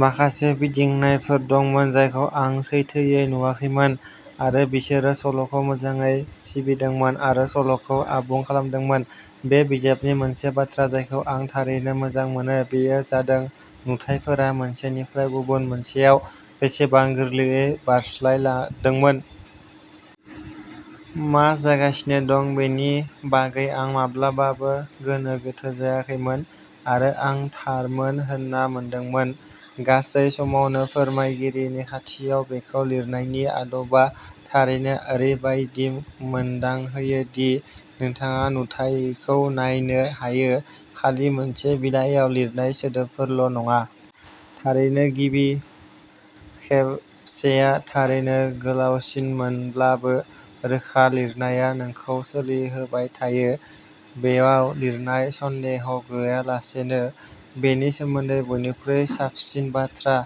माखासे फिदिंनायफोर दंमोन जायखौ आं सैथोयै नुवाखैमोन, आरो बिसोरो सल'खौ मोजाङै सिबिदोंमोन आरो सल'खौ आबुं खालामदोंमोन। बे बिजाबनि मोनसे बाथ्रा जायखौ आं थारैनो मोजां मोनो बेयो जादों नुथायफोरा मोनसेनिफ्राय गुबुन मोनसेयाव बेसेबां गोरलैयै बारस्लायदोंमोन। मा जागासिनो दं बेनि बागै आं माब्लाबाबो गोनो गोथो जायाखैमोन, आरो आं थारमोन होनना मोनदोंमोन। गासै समावनो फोरमायगिरिनि खाथियाव-बेखौ लिरनायनि आदबआ थारैनो ओरैबायदि मोनदांहोयो दि नोंथाङा नुथायखौ नायनो हायो, खालि मोनसे बिलाइयाव लिरनाय सोदोबफोरल'नङा। थारैनो, गिबि खावसेया थारैनो गोलावसिनमोनब्लाबो, रोखा लिरनाया नोंखौ सोलिहोबाय थायो। बेयाव लिरनाया, सन्देह गैयालासेनो, बेनि सोमोन्दै बयनिख्रुइ साबसिन बाथ्रा।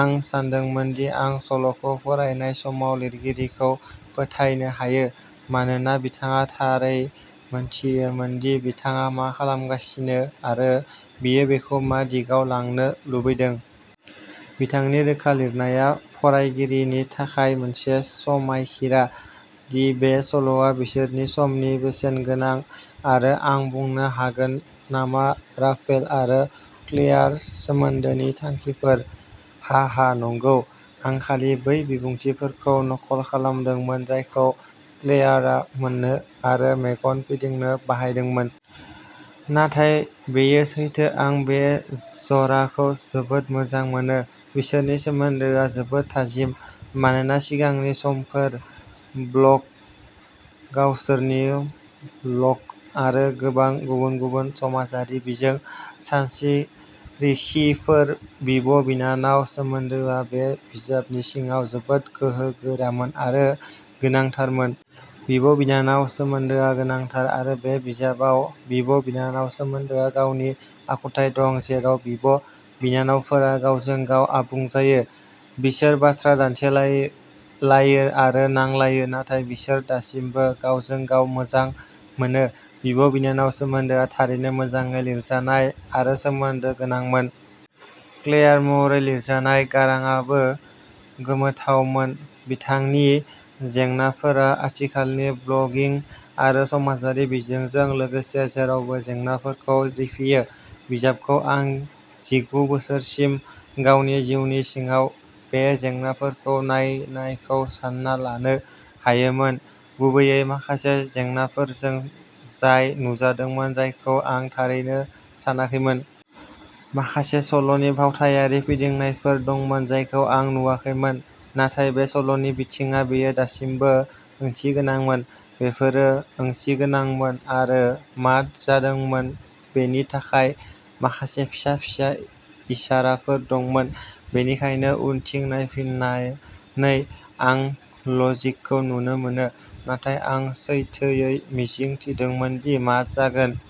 आं सानदोंमोन दि आं सल'खौ फरायनाय समाव लिरगिरिखौ फोथायनो हायो, मानोना बिथाङा थारै मोनथियोमोन दि बिथाङा मा खालामगासिनो आरो बियो बेखौ मा दिगाव लांनो लुबैदों। बिथांनि रोखा लिरनाया फरायगिरिनि थाखाय मोनसे समायखिरा दि बे सल'आ बिसोरनि समनि बेसेनगोनां। आरो आं बुंनो हागोन नामाराफेल आरो क्लेयार सोमोन्दोनि थांखिफोर!!! हाहा, नंगौ, आं खालि बै बिबुंथिफोरखौ नकल खालामदोंमोन जायखौ क्लेयारआ मोननो आरो मेगन फिदिंनो बाहायदोंमोन। नाथाय बेयो सैथो-आं बे जराखौ जोबोद मोजां मोनो। बिसोरनि सोमोन्दोआ जोबोद थाजिम, मानोना सिगांनि समफोर। ब्लग, गावसोरनि भ्लग आरो गोबां गुबुन-गुबुन समाजारि बिजों सानरिखिफोर। बिब'- बिनानाव सोमोन्दोआ बे बिजाबनि सिङाव जोबोद गोहोगोरामोन आरो गोनांथारमोन। बिब'- बिनानाव सोमोन्दोआ गोनांथार आरो बे बिजाबाव बिब'- बिनानाव सोमोन्दोआ गावनि आखुथाय दं जेराव बिब'- बिनानावफोरा गावजों-गाव आबुं जायो। बिसोर बाथ्रा दान्थेलायो आरो नांलायो, नाथाय बिसोर दासिमबो गावजों-गाव मोजां मोनो। बिब'- बिनानाव सोमोन्दोआ थारैनो मोजाङै लिरजानाय आरो सोमोन्दो गोनांमोन। क्लेयार महरै लिरजानाय गारांआबो गोमोथावमोन। बिथांनि जेंनाफोरा आथिखालनि ब्लगिं आरो समाजारि बिजोंजों लोगोसे जेरावबो जेंनाफोरखौ रिफियो। बिजाबखौ आं जिगु बोसोरसिम गावनि जिउनि सिङाव बे जेंनाफोरखौ नायनायखौ सान्ना लानो हायोमोन, गुबैयै माखासे जेंनाफोरजों जाय नुजादोंमोन जायखौ आं थारैनो सानाखैमोन। माखासे सल'नि फावथायारि फिदिंनायफोर दंमोन जायखौ आं नुवाखैमोन, नाथाय बे सल'नि बिथिङाव बेयो दासिमबो ओंथिगोनांमोन। बेफोरो ओंथिगोनांमोन आरो मा जादोंमोन बेनि थाखाय माखासे फिसा-फिसा इसाराफोर दंमोन, बेनिखायनो उनथिं नायफिननानै। आं लजिकखौ नुनो मोनो, नाथाय आं सैथोयै मिजिं थिदोंमोन दि मा जागोन।